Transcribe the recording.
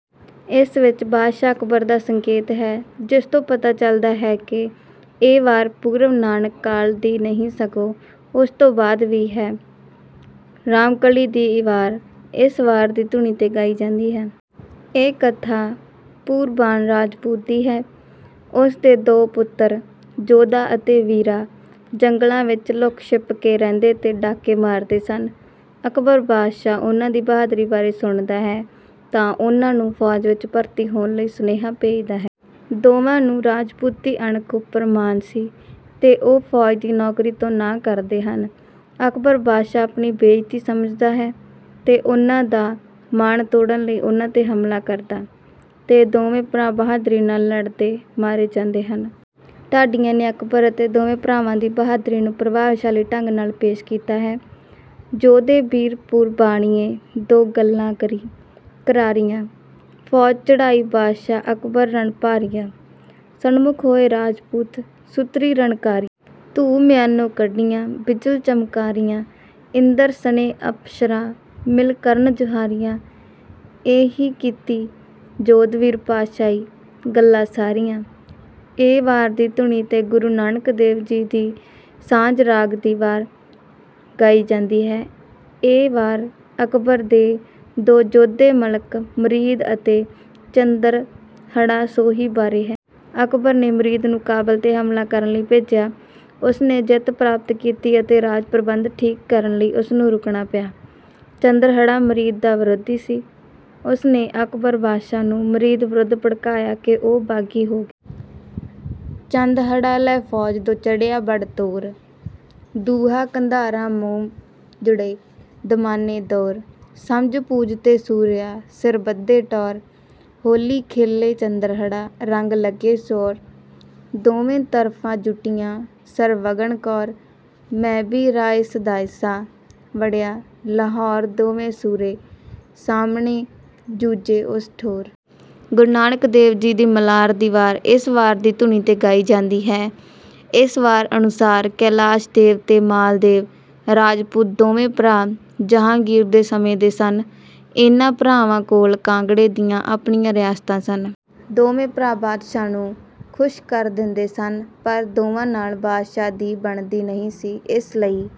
ਇਸ ਵਿੱਚ ਬਾਦਸ਼ਾਹ ਅਕਬਰ ਦਾ ਸੰਕੇਤ ਹੈ ਜਿਸ ਤੋਂ ਪਤਾ ਚਲਦਾ ਹੈ ਕਿ ਇਹ ਵਾਰ ਪੂਰਵ ਨਾਨਕ ਕਾਲ ਦੀ ਨਹੀਂ ਸਗੋਂ ਉਸ ਤੋਂ ਬਾਅਦ ਵੀ ਹੈ। ਰਾਮਕਲੀ ਦੀ ਵਾਰ ਇਸ ਵਾਰ ਦੀ ਧੁਨੀ ਤੇ ਗਾਈ ਜਾਂਦੀ ਹੈ। ਇਹ ਕਥਾ ਪੂਰਬਾਣ ਰਾਜਪੂਤ ਦੀ ਹੈ। ਉਸ ਦੇ ਦੋ ਪੁੱਤਰ ਜੋਧਾ ਅਤੇ ਵੀਰਾ ਜੰਗਲਾ ਵਿੱਚ ਲੁੱਕ ਛਿਪ ਕੇ ਰਹਿੰਦੇ ਤੇ ਡਾਕੇ ਮਾਰਦੇ ਸਨ। ਅਕਬਰ ਬਾਦਸ਼ਾਹ ਉਹਨਾਂ ਦੀ ਬਹਾਦਰੀ ਬਾਰੇ ਸੁਣਦਾ ਹੈ ਤਾਂ ਉਹਨਾਂ ਨੂੰ ਫੌਜ਼ ਵਿੱਚ ਭਰਤੀ ਹੋਣ ਲਈ ਸੁਨੇਹਾ ਭੇਜਦਾ ਹੈ। ਦੋਵਾਂ ਨੂੰ ਰਾਜਪੂਤੀ ਅਣਖ ਉਪਰ ਮਾਣ ਸੀ ਤੇ ਉਹ ਫੌਜ਼ ਦੀ ਨੌਕਰੀ ਤੋਂ ਨਾਹ ਕਰਦੇ ਹਨ। ਅਕਬਰ ਬਾਦਸ਼ਾਹ ਆਪਣੀ ਬੇਇੱਜਤੀ ਸਮਝਦਾ ਹੈ ਤੇ ਉਹਨਾਂ ਦਾ ਮਾਣ ਤੋੜ੍ਹਨ ਲਈ ਉਹਨਾਂ ਤੇ ਹਮਲਾ ਕਰਦਾ, ਤੇ ਦੋਵੇ ਭਰਾ ਬਹਾਦਰੀ ਨਾਲ ਲੜ੍ਹਦੇ ਮਾਰੇ ਜਾਂਦੇ ਹਨ। ਢਾਡੀਆਂ ਨੇ ਅਕਬਰ ਅਤੇ ਦੋਵਾਂ ਭਰਾਵਾਂ ਦੀ ਬਹਾਦਰੀ ਨੂੰ ਪ੍ਰਭਾਵਸ਼ਾਲੀ ਢੰਗ ਨਾਲ ਪੇਸ਼ ਕੀਤਾ ਹੈ। ਜੋਧੇ ਬੀਰ ਪੂਰਬਾਣੀਏ ਦੋ ਗੱਲਾ ਕਰੀ ਕਰਾਰੀਆਂ, ਫੌਜ਼ ਚੜ੍ਹਾਈ ਬਾਦਸ਼ਾਹ ਅਕਬਰ ਰਣ ਭਾਰੀਆਂ। ਸਨਮੁੱਖ ਹੋਏ ਰਾਜਪੂਤ ਸੁਤਰੀ ਰਣ ਕਾਰੀਆਂ। ਧੂਹ ਮਿਆਨੋ ਕੱਢੀਆਂ ਬਿਜੁਲ ਚਮਕਾਰੀਆਂ ਇੰਦਰ ਸਣੇ ਅਪੱਛਰਾ ਮਿਲ ਕਰਨ ਜੁਹਾਰੀਆਂ। ਏ ਹੀ ਕੀਤੀ ਜੋਧ ਵੀਰ ਪਾਤਸ਼ਾਹੀ ਗੱਲਾ ਸਾਰੀਆਂ। ਇਹ ਵਾਰ ਦੀ ਧੁਨੀ ਤੇ ਗੁਰੂ ਨਾਨਕ ਦੇਵ ਜੀ ਦੀ ਸਾਝ ਰਾਗ ਦੀ ਵਾਰ ਗਾਈ ਜਾਂਦੀ ਹੈ, ਇਹ ਵਾਰ ਅਕਬਰ ਦੇ ਦੋ ਯੋਧੇ ਮਲਕ ਮੁਰੀਦ ਅਤੇ ਚੰਦਰਹੜ੍ਹਾ ਸੋਹੀ ਬਾਰੇ ਹੈ। ਅਕਬਰ ਨੇ ਮੁਰੀਦ ਨੂੰ ਕਾਬਲ ਤੇ ਹਮਲਾ ਕਰਨ ਲਈ ਭੇਜਿਆ। ਉਸਨੇ ਜਿੱਤ ਪ੍ਰਾਪਤ ਕੀਤੀ ਅਤੇ ਰਾਜ ਪ੍ਰਬੰਧ ਠੀਕ ਕਰਨ ਲਈ ਉਸਨੂੰ ਰੁਕਣਾ ਪਿਆ। ਚੰਦਰਹੜ੍ਹਾ ਮੁਰੀਦ ਦਾ ਵਿਰੋਧੀ ਸੀ ਉਸਨੇ ਅਕਬਰ ਬਾਦਸ਼ਾਹ ਨੂੰ ਮੁਰੀਦ ਵਿਰੁੱਧ ਭੜਕਾਇਆ ਕਿ ਉਹ ਬਾਗੀ ਹੋ ਗਿਆ। ਚੰਦਹੜ੍ਹਾ ਲੈ ਫੌਜ ਦੋ ਚੜ੍ਹਿਆ ਬਡ ਤੋਰ। ਦੁਹਾ ਕੰਧਾਰਾਂ ਮੁਹ ਜੁੜ੍ਹੇ ਦਾਮਾਨੇ ਦੌਰ। ਸਮਝ ਪਜੂ ਤੇ ਸੂਰਿਆਂ ਸਿਰ ਬੱਧੇ ਟੌਰ। ਹੌਲੀ ਖੇਲੇ ਚੰਦਰਹੜ੍ਹਾ ਰੰਗ ਲਗੇ ਸੌਰ। ਦੋਵੇ ਤਰਫਾ ਜੁਟੀਆਂ ਸਰ ਵਗਨ ਕੌਰ। ਮੈਂ ਭੀ ਰਾਇ ਸਦਾਇਸਾ ਵੜ੍ਹਿਆ ਲਾਹੌਰ ਦੋਵੇ ਸੂਰੇ ਸਾਮਣੇ ਜੂਝੇ ਉਸ ਠੋਰ। ਗੁਰੂ ਨਾਨਕ ਦੇਵ ਜੀ ਦੀ ਮਲਾਰ ਦੀ ਵਾਰ ਇਸ ਵਾਰ ਦੀ ਧੁਨੀ ਤੇ ਗਾਈ ਜਾਂਦੀ ਹੈ। ਇਸ ਵਾਰ ਅਨੁਸਾਰ ਕੈਲਾਸ਼ ਦੇਵ ਤੇ ਮਾਲ ਦੇਵ ਰਾਜਪੂਤ ਦੋਵੇ ਭਰਾ ਜਹਾਂਗੀਰ ਦੇ ਸਮੇਂ ਦੇ ਸਨ। ਇਹਨਾਂ ਭਰਾਵਾਂ ਕੋਲ ਕਾਂਗੜ੍ਹੇ ਦੀਆਂ ਆਪਣੀਆਂ ਰਿਆਸਤਾਂ ਸਨ। ਦੋਵੇਂ ਭਰਾ ਬਾਦਸ਼ਾਹ ਨੂੰ ਖੁੱਸ਼ ਕਰ ਦਿੰਦੇ ਸਨ ਪਰ ਦੋਵਾਂ ਨਾਲ ਬਾਦਸ਼ਾਹ ਦੀ ਬਣਦੀ ਨਹੀਂ ਸੀ। ਇਸ ਲਈ